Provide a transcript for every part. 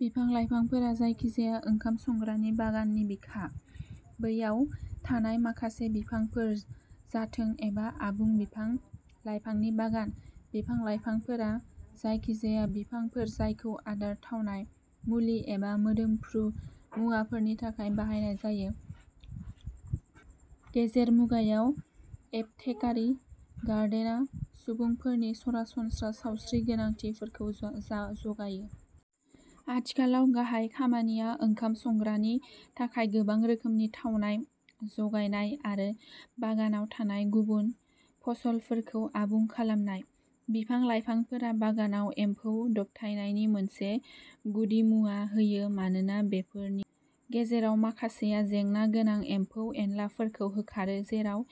बिफां लाइफांफोरा जायखिजाया ओंखाम संग्रानि बागाननि बिखा, बैयाव थानाय माखासे बिफांफोर जाथों एबा आबुं बिफां लाइफांनि बागान। बिफां लाइफांफोरा जायखिजाया बिफांफोर जायखौ आदार, थावनाय, मुलि एबा मोदोमफ्रु मुवाफोरनि थाखाय बाहायनाय जायो। गेजेर मुगायाव एपथेकारि गार्डेना सुबुंफोरनि सरासनस्रा सावस्रि गोनांथिफोरखौ जगायो। आथिखालाव गाहाय खामानिया ओंखाम संग्रानि थाखाय गोबां रोखोमनि थावनाय जगायनाय आरो बागानाव थानाय गुबुन फसलफोरखौ आबुं खालामनाय। बिफां लाइफांफोरा बागानाव एमफौ दबथायनायनि मोनसे गुदिमुवा होयो मानोना बेफोरनि गेजेराव माखासेआ जेंना गोनां एम्फौ एनलाफोरखौ होखारो, जेराव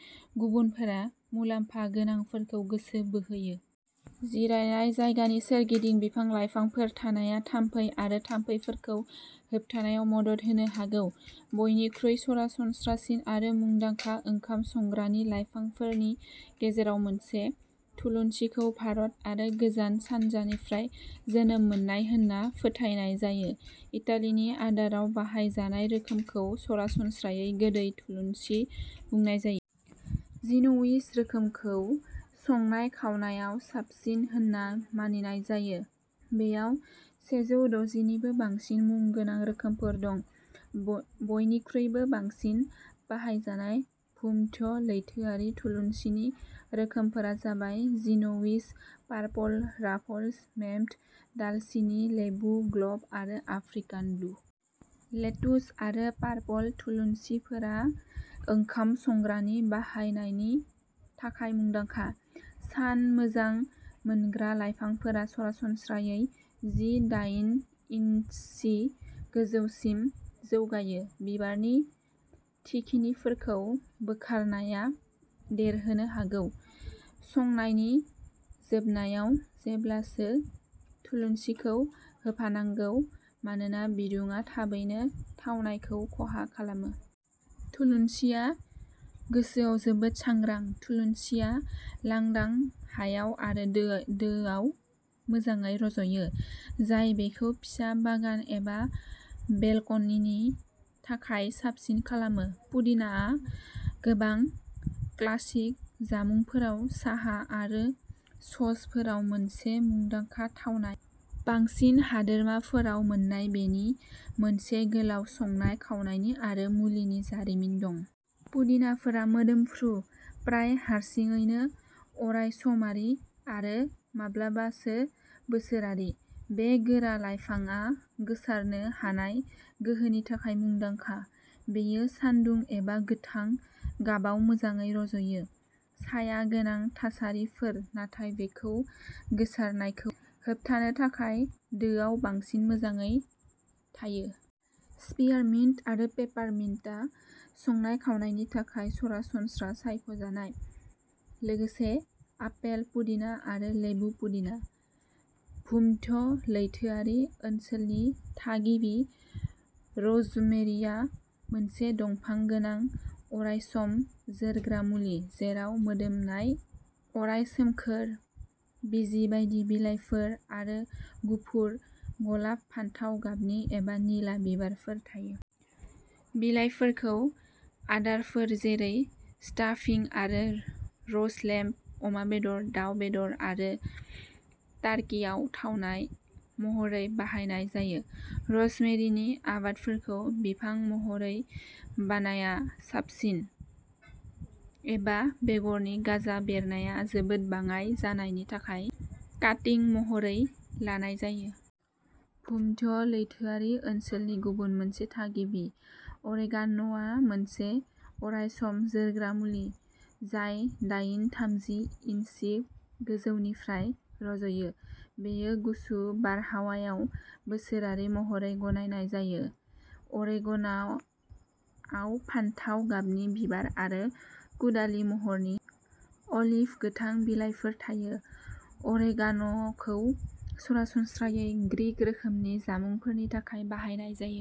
गुबुनफोरा मुलाम्फा गोनांफोरखौ गोसो बोहोयो। जिरायनाय जायगानि सोरगिदिं बिफां लाइफांफोर थानाया थाम्फै आरो थाम्फैफोरखौ होबथानायाव मदद होनो हागौ। बयनिख्रुइ सरासनस्रासिन आरो मुंदांखा ओंखाम संग्रानि लाइफांफोरनि गेजेराव मोनसे, थुलुनसिखौ भारत आरो गोजान सानजानिफ्राय जोनोम मोननाय होनना फोथायनाय जायो। इटालिनि आदाराव बाहायजानाय रोखोमखौ सरासनस्रायै गोदै थुलुनसि बुंनाय जायो। जिन'विज रोखोमखौ संनाय खावनायाव साबसिन होनना मानिनाय जायो। बेयाव सेजौ द'जि निबो बांसिन मुं गोनां रोखोमफोर दं। बयनिख्रुइबो बांसिन बाहायजानाय भुमध्य लैथोआरि थुलुनसिनि रोखोमफोरा जाबाय जिन'विज, पार्पल राफल्स, मेमथ, दालसिनि, लेबु, ग्लब आरो आफ्रिकान ब्लु। लेटुस आरो पार्पल थुलुनसिफोरा ओंखाम संग्रानि बाहायनायनि थाखाय मुंदांखा। सान मोजां मोनग्रा लाइफांफोरा सरासनस्रायै जि दाइन इन्सि गोजौसिम जौगायो। बिबारनि थिखिनिफोरखौ बोखारनाया देरहोनो हागौ। संनायनि जोबनायाव जेब्लाबो थुलुनसिखौ होफानांगौ मानोना बिदुंआ थाबैनो थावनायखौ खहा खालामो। थुलुनसिआ गुसुआव जोबोद सांग्रां। थुलुनसिआ लांदां हायाव आरो दोआव मोजाङै रज'यो, जाय बेखौ फिसा बागान एबा बेलकनिनि थाखाय साबसिन खालामो। पुदिनाआ गोबां क्लासिक जामुंफोराव, साहा आरो ससफोराव मोनसे मुंदांखा थावनाय। बांसिन हादोरमाफोराव मोन्नाय बेनि मोनसे गोलाव संनाय खावनायनि आरो मुलिनि जारिमिन दं। पुदिनाफोरा मोदोमफ्रु, प्राय हारसिङैनो अरायसमारि आरो माब्लाबासो बोसोरारि। बे गोरा लाइफांआ गोसारनो हानाय गोहोनि थाखाय मुंदांखा। बेयो सान्दुं एबा गोथां गाबाव मोजाङै रज'यो। साया गोनां थासारिफोर नाथाय बेखौ गोसारनायखौ होबथानो थाखाय दोआव बांसिन मोजाङै थायो। स्पियारमिन्ट आरो पेपारमिन्टआ संनाय खावनायनि थाखाय सरासनस्रा सायख'जानाय। लोगोसे आपेल पुदिना आरो लेबु पुदिना। भुमध्य लैथोआरि ओनसोलनि थागिबि, र'जमेरिआ मोनसे दंफां गोनां, अरायसम जोरग्रा मुलि, जेराव मोदोमनाय, अराय सोमखोर, बिजि बायदि बिलाइफोर आरो गुफुर, गलाब, फान्थाव गाबनि एबा निला बिबारफोर थायो। बिलाइफोरखौ आदारफोर जेरै स्टाफिं आरो र'स्ट लेम्ब, अमा बेदर, दाव बेदर आरो टार्किआव थावनाय महरै बाहायनाय जायो। र'जमेरिनि आबादफोरखौ बिफां महरै बानाया साबसिन, एबा बेगरनि गाजा बेरनाया जोबोद बाङाइ जानायनि थाखाय काटिं महरै लानाय जायो। भुमध्य लैथोआरि ओनसोलनि गुबुन मोनसे थागिबि, अरेगान'आ मोनसे अरायसम जोरग्रा मुलि, जाय दाइन-थामजि इन्सि गोजौनिफ्राय रज'यो। बेखौ गुसु बारहावायाव बोसोरारि महरै गायनाय जायो। अरेगान'आव फान्थाव गाबनि बिबार आरो कुदालि महरनि, अलिभ गोथां बिलाइफोर थायो। अरेगान'खौ सरासनस्रायै ग्रिक रोखोमनि जामुंफोरनि थाखाय बाहायनाय जायो।